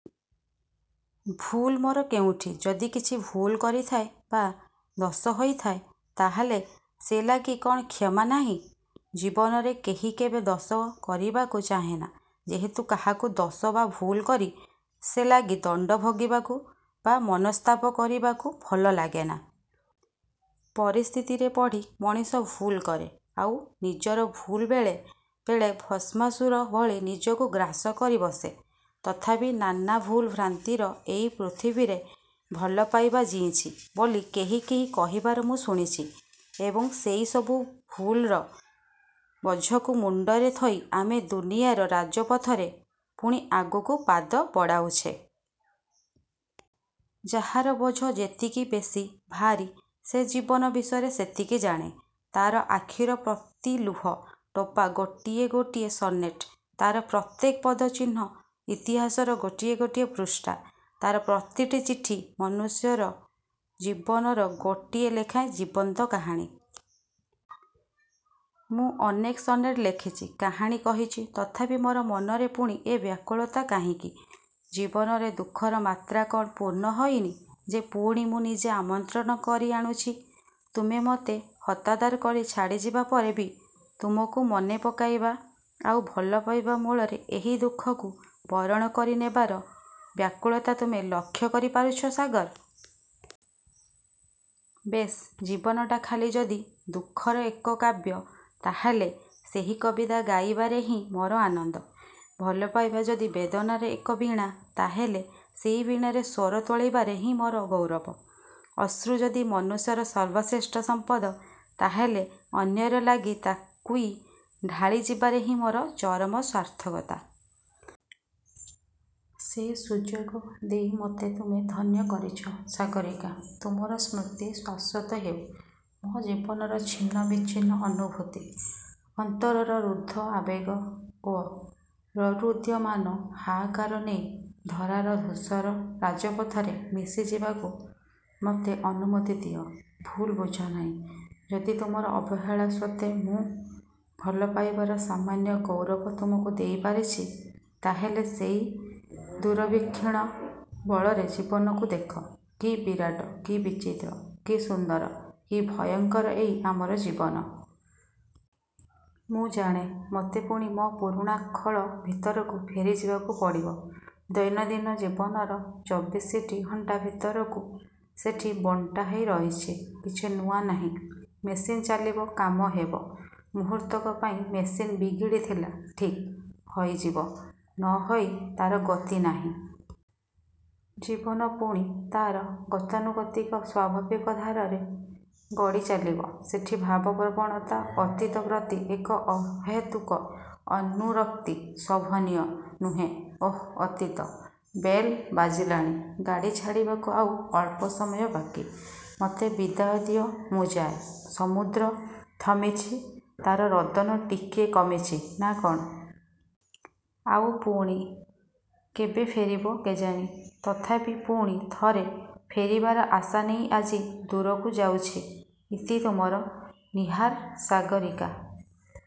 ଭୁଲ୍ ମୋର କେଉଁଠି? ଯଦି କିଛି ଭୁଲ୍ କରିଥାଏ; ବା ଦୋଷ ହୋଇଥାଏ; ତା'ହେଲେ ସେ ଲାଗି କ'ଣ କ୍ଷମା ନାହିଁ? ଜୀବନରେ କେହି କେବେ ଦୋଷ କରିବାକୁ ଚାହେଁନା; ଯେହେତୁ କାହାକୁ ଦୋଷ ବା ଭୁଲ୍ କରି ସେ ଲାଗି ଦଣ୍ଡ ଭୋଗିବାକୁ ବା ମନସ୍ତାପ କରିବାକୁ ଭଲ ଲାଗେନା। ପରିସ୍ଥିତିରେ ପଡ଼ି ମଣିଷ ଭୁଲ୍ କରେ। ଆଉ ନିଜର ଭୁଲ୍ ବେଳେ ବେଳେ ଭସ୍ମାସୁର ଭଳି ନିଜକୁ ଗ୍ରାସ କରି ବସେ। ତଥାପି ନାନା ଭୁଲ୍ ଭ୍ରାନ୍ତିର ଏଇ ପୃଥିବୀରେ ଭଲପାଇବା ଜୀଇଛି ବୋଲି କେହି କେହି କହିବାର ମୁଁ ଶୁଣିଛି ଏବଂ ସେଇ ସବୁ ଭୁଲ୍ର ବୋଝକୁ ମୁଣ୍ଡରେ ଥୋଇ ଆମେ ଦୁନିଆର ରାଜପଥରେ ପୁଣି ଆଗକୁ ପାଦ ବଢ଼ାଉଛେ। ଯାହାର ବୋଝ ଯେତିକି ବେଶୀ ଭାରି ସେ ଜୀବନ ବିଷୟରେ ସେତିକି ଜାଣେ। ତା'ର ଆଖିର ପ୍ରତି ଲୁହ ଟୋପା ଗୋଟିଏ ଗୋଟିଏ ସନେଟ୍; ତା'ର ପ୍ରତ୍ୟେକ ପଦ-ଚିହ୍ନ ଇତିହାସର ଗୋଟିଏ ଗୋଟିଏ ପୃଷ୍ଠା-ତା'ର ପ୍ରତିଟି ଚିଠି ମନୁଷ୍ୟ ଜୀବନର ଗୋଟିଏ ଲେଖାଏଁ ଜୀବନ୍ତ କାହାଣୀ। ମୁଁ ଅନେକ ସନେଟ୍ ଲେଖିଛି; କାହାଣୀ କହିଛି। ତଥାପି ମୋର ମନରେ ପୁଣି ଏ ବ୍ୟାକୁଳତା କାହିଁକି? ଜୀବନରେ ଦୁଃଖର ମାତ୍ରା କ'ଣ ପୂର୍ଣ୍ଣ ହୋଇନି ଯେ ପୁଣି ମୁଁ ନିଜେ ଆମନ୍ତ୍ରଣ କରି ଆଣୁଛି-ତୁମେ ମୋତେ ହତାଦର କରି ଛାଡ଼ିଯିବା ପରେ ବି ତୁମକୁ ମନେ ପକାଇବା ଆଉ ଭଲପାଇବା ମୂଳରେ ଏହି ଦୁଃଖକୁ ବରଣ କରି ନେବାର ବ୍ୟାକୁଳତା ତୁମେ ଲକ୍ଷ୍ୟ କରି ପାରୁଛ; ସାଗର! ବେଶ୍-ଜୀବନଟା ଖାଲି ଯଦି ଦୁଃଖର ଏକକାବ୍ୟ-ତା'ହେଲେ ସେହି କବିତା ଗାଇବାରେ ହିଁ ମୋର ଆନନ୍ଦ। ଭଲପାଇବା ଯଦି ବେଦନାର ଏକ ବୀଣା; ତା'ହେଲେ ସେହି ବୀଣାରେ ସ୍ୱର ତୋଳିବାରେ ହିଁ ମୋର ଗୌରବ। ଅଶ୍ରୁ ଯଦି ମନୁଷ୍ୟର ସର୍ବଶ୍ରେଷ୍ଠ ସମ୍ପଦ ତା'ହେଲେ ଅନ୍ୟର ଲାଗି ତାକୁଇ ଢାଳି ଯିବାରେ ହିଁ ମୋର ଚରମ ସାର୍ଥକତା। ସେ ସୁଯୋଗ ଦେଇ ମୋତେ ତୁମେ ଧନ୍ୟ କରିଛ ସାଗରୀକା। ତୁମର ସ୍ମୃତି ଶାଶ୍ୱତ ହେଉ-ମୋ ଜୀବନର ଛିନ୍ନ-ବିଚ୍ଛିନ୍ନ ଅନୁଭୂତି; ଅନ୍ତରର ରୁଦ୍ଧ ଆବେଗ ଓ ରୋରୁଦ୍ୟମାନ ହାହାକାର ନେଇ; ଧରାର-ଧୂଷର ରାଜପଥରେ ମିଶି ଯିବାକୁ ମୋତେ ଅନୁମତି ଦିଅ। ଭୁଲ୍ ବୁଝନାହିଁ-ଯଦି ତୁମର ଅବହେଳା ସତ୍ତ୍ୱେ ମୁଁ ଭଲପାଇବାର ସାମାନ୍ୟ ଗୌରବ ତୁମକୁ ଦେଇ ପାରିଛି; ତା'ହେଲେ ସେଇ ଦୁରବୀକ୍ଷଣ ବଳରେ ଜୀବନକୁ ଦେଖ-କି ବିରାଟ, କି ବିଚିତ୍ର, କି ସୁନ୍ଦର, କି ଭୟଙ୍କର ଏଇ ଆମର ଜୀବନ। ମୁଁ ଜାଣେ; ମୋତେ ପୁଣି ମୋ ପୁରୁଣା ଖୋଳ ଭିତରକୁ ଫେରି ଯିବାକୁ ପଡ଼ିବ। ଦୈନନ୍ଦିନ-ଜୀବନର ଚବିଶିଟି ଘଣ୍ଟା ଭିତରକୁ ସେଠି ବଣ୍ଟା ହୋଇ ରହିଛି; କିଛି ନୂଆ ନାହିଁ। ମେସିନ୍ ଚାଲିବ-କାମ ହେବ। ମୁହୂର୍ତ୍ତକ ପାଇଁ ମେସିନ୍ ବିଗିଡ଼ି ଥିଲା-ଠିକ୍ ହୋଇଯିବ। ନ ହୋଇ ତା'ର ଗତି ନାହିଁ। ଜୀବନ ପୁଣି ତା'ର ଗତାନୁଗତିକ ସ୍ୱାଭାବିକ ଧାରାରେ ଗଡ଼ି ଚାଲିବ। ସେଠି ଭାବ ପ୍ରବଣତା, ଅତୀତ ପ୍ରତି ଏକ ଅହେତୁକ ଅନୁରକ୍ତି ଶୋଭନୀୟ ନୁହେଁ-ଓଃ-ଅତୀତ। ବେଲ୍ ବାଜିଲାଣି। ଗାଡ଼ି ଛାଡ଼ିବାକୁ ଆଉ ଅଳ୍ପ ସମୟ ବାକି। ମୋତେ ବିଦାୟ ଦିଅ। ମୁଁ ଯାଏ; ସମୁଦ୍ର ଥମିଛି; ତା'ର ରୋଦନ ଟିକିଏ କମିଛି ନା କ'ଣ? ଆଉ ପୁଣି କେବେ ଫେରିବ କେଜାଣି-ତଥାପି ପୁଣି ଥରେ ଫେରିବାର ଆଶା ନେଇ ଆଜି ଦୂରକୁ ଯାଉଛି-ଇତି- ତୁମର 'ନୀହାର' ସାଗରୀକା